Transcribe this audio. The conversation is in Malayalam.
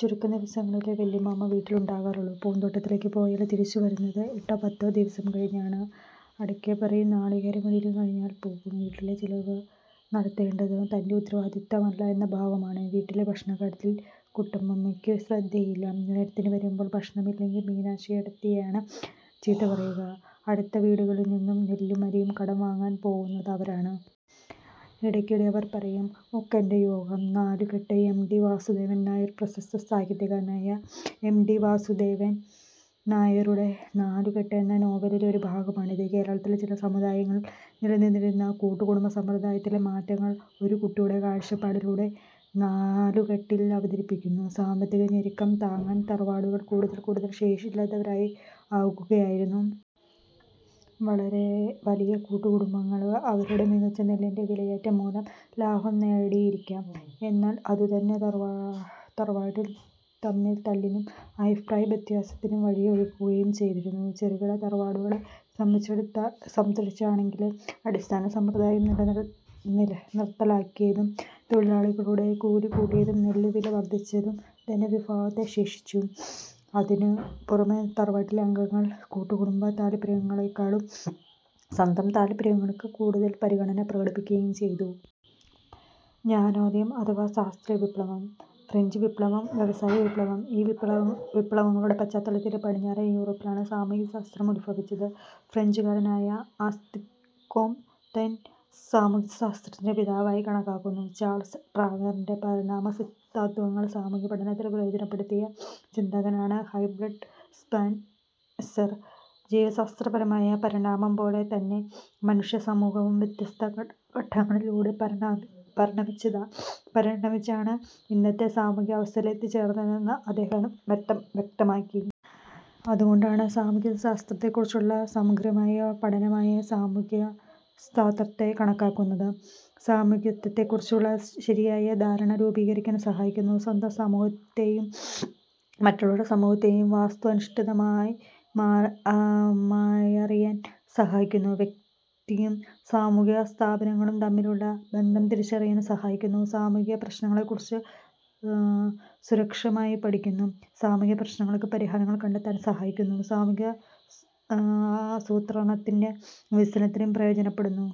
ചുരുക്കം ദിവസങ്ങളിലേ വലിയമ്മാമ വീട്ടിലുണ്ടാകാറുള്ളൂ. പൂന്തോട്ടത്തിലേക്ക് പോയാൽ തിരിച്ചുവരുന്നത് എട്ടോ പത്തോ ദിവസം കഴിഞ്ഞാണ്. അടയ്ക്കപറിയും നാളികേരമിടലും കഴിഞ്ഞാൽ പോകും. വീട്ടിലെ ചെലവ് നടത്തേണ്ടതു തന്റെ ഉത്തരവാദിത്വമല്ല എന്ന ഭാവമാണ്. വീട്ടിലെ ഭക്ഷണക്കാര്യത്തിൽ കുട്ടമ്മാമയ്ക്കും ശ്രദ്ധയില്ല. നേരത്തിനു വരുമ്പോൾ ഭക്ഷണമില്ലെങ്കിൽ മീനാക്ഷിയേടത്തിയെയാണ് ചീത്ത പറയുക. അടുത്ത വീടുകളിൽ നിന്നു നെല്ലും അരിയും കടം വാങ്ങാൻ പോകുന്നത് അവരാണ്. ഇടയ്ക്കിടെ അവർ പറയും; ഒക്കെന്റെ യോഗം. നാലുകെട്ട് എം. ടി. വാസുദേവൻനായർ പ്രശസ്ത സാഹിത്യകാരനായ എം. ടി. വാസുദേവൻ നായരുടെ നാലുകെട്ട് എന്ന നോവലിലെ ഒരു ഭാഗമാണിത്. കേരളത്തിലെ ചില സമുദായങ്ങളിൽ നിലനിന്നിരുന്ന കൂട്ടുകുടുംബ സമ്പ്രദായത്തിലെ മാറ്റങ്ങൾ ഒരു കുട്ടിയുടെ കാഴ്ചപ്പാടിലൂടെ നാലുകെട്ടി'ൽ അവതരിപ്പിക്കുന്നു. സാമ്പത്തികഞെരുക്കം താങ്ങാൻ തറവാടുകൾ കൂടുതൽ കൂടുതൽ ശേഷിയില്ലാത്തവയാകുകയായിരുന്നു. വളരെ വലിയ കൂട്ടുകു ടുംബങ്ങൾ അവരുടെ മിച്ച നെല്ലിന്റെ വിലയേറ്റം മൂലം ലാഭം നേടിയിരിക്കാം. എന്നാൽ അതുതന്നെ തറവാട്ടിൽ തമ്മിൽ തല്ലിനും അഭിപ്രായവ്യത്യാസത്തിനും വഴിയൊരുക്കുകയും ചെയ്തിരുന്നു. ചെറുകിട തറവാടുകളെ സംബന്ധിച്ചാണെങ്കിൽ അടിമസമ്പ്രദായം നിർത്തലാക്കിയതും തൊഴിലാളികളുടെ കൂലി കൂട്ടിയതും നെല്ല് വില വർധിച്ചതും ധനവിഭവത്തെ ശോഷിപ്പിച്ചു. അതിനും പുറമെ, തറവാട്ടിലെ അംഗങ്ങൾ കൂട്ടുകുടുംബ താൽപ്പര്യങ്ങളെക്കാളും സ്വന്തം താൽപ്പര്യങ്ങൾക്കു കൂടുതൽ പരിഗണന പ്രകടിപ്പിക്കുകയും ചെയ്തു. ജ്ഞാനോദയം അഥവാ ശാസ്ത്രവിപ്ലവം. ഫ്രഞ്ച് വിപ്ലവം. വ്യാവസായികവിപ്ലവം ഈ വിപ്ലവങ്ങളുടെ പശ്ചാത്തലത്തിൽ പടിഞ്ഞാറൻ യൂറോപ്പിലാണ് സമൂഹശാസ്ത്രം ഉത്ഭവിച്ചത്. ഫ്രഞ്ചുകാരനായ അഗസ്ത് കോംതെ സമൂഹശാസ്ത്രത്തിന്റെ പിതാവായി കണക്കാക്കുന്നു. ചാൾസ് ഡാർവിന്റെ പരിണാമസിദ്ധാന്തതത്ത്വങ്ങൾ സമൂഹപഠനത്തിന് പ്രയോജനപ്പെടുത്തിയ ചിന്തകനാണ് ഹെർബർട്ട് സ്പെൻസർ. ജീവശാസ്ത്രപരമായ പരിണാമം പോലെ തന്നെ മനുഷ്യസമൂഹവും വ്യത്യസ്ത ഘട്ടങ്ങളിലൂടെ പരിണമിച്ചാണ് ഇന്നത്തെ അവസ്ഥയിലെത്തിച്ചേർന്നതെന്ന് അദ്ദേഹം വ്യക്തമാക്കി. അതുകൊണ്ടാണ് സമൂഹ ശാസ്ത്രത്തെ ത്തെക്കുറിച്ചുള്ള സമഗ്രമായ പഠനമായി സമൂഹശാസ്ത്രത്തെ കണക്കാക്കുന്നത്. സമൂഹത്തെക്കുറിച്ചുള്ള ശരിയായ ധാരണ രൂപീകരിക്കാൻ സഹായിക്കുന്നു. സ്വന്തം സമൂഹത്തെയും മറ്റുള്ളവരുടെ സമൂഹത്തെയും വസ്തുനിഷ്ഠമായറിയാൻ സഹായിക്കുന്നു. വ്യക്തിയും സാമൂഹികസ്ഥാപനങ്ങളും തമ്മിലുള്ള ബന്ധം തിരിച്ചറിയാൻ സഹായിക്കുന്നു. സാമൂഹികപ്രശ്നങ്ങളെക്കുറിച്ച് സൂക്ഷ്മമായി പഠിക്കുന്നു. സാമൂഹികപ്രശ്നങ്ങൾക്ക് പരിഹാരങ്ങൾ കണ്ടെത്താൻ സഹായിക്കുന്നു. സാമൂഹികാസൂത്രണത്തിനും വികസനത്തിനും പ്രയോജനപ്പെടുന്നു.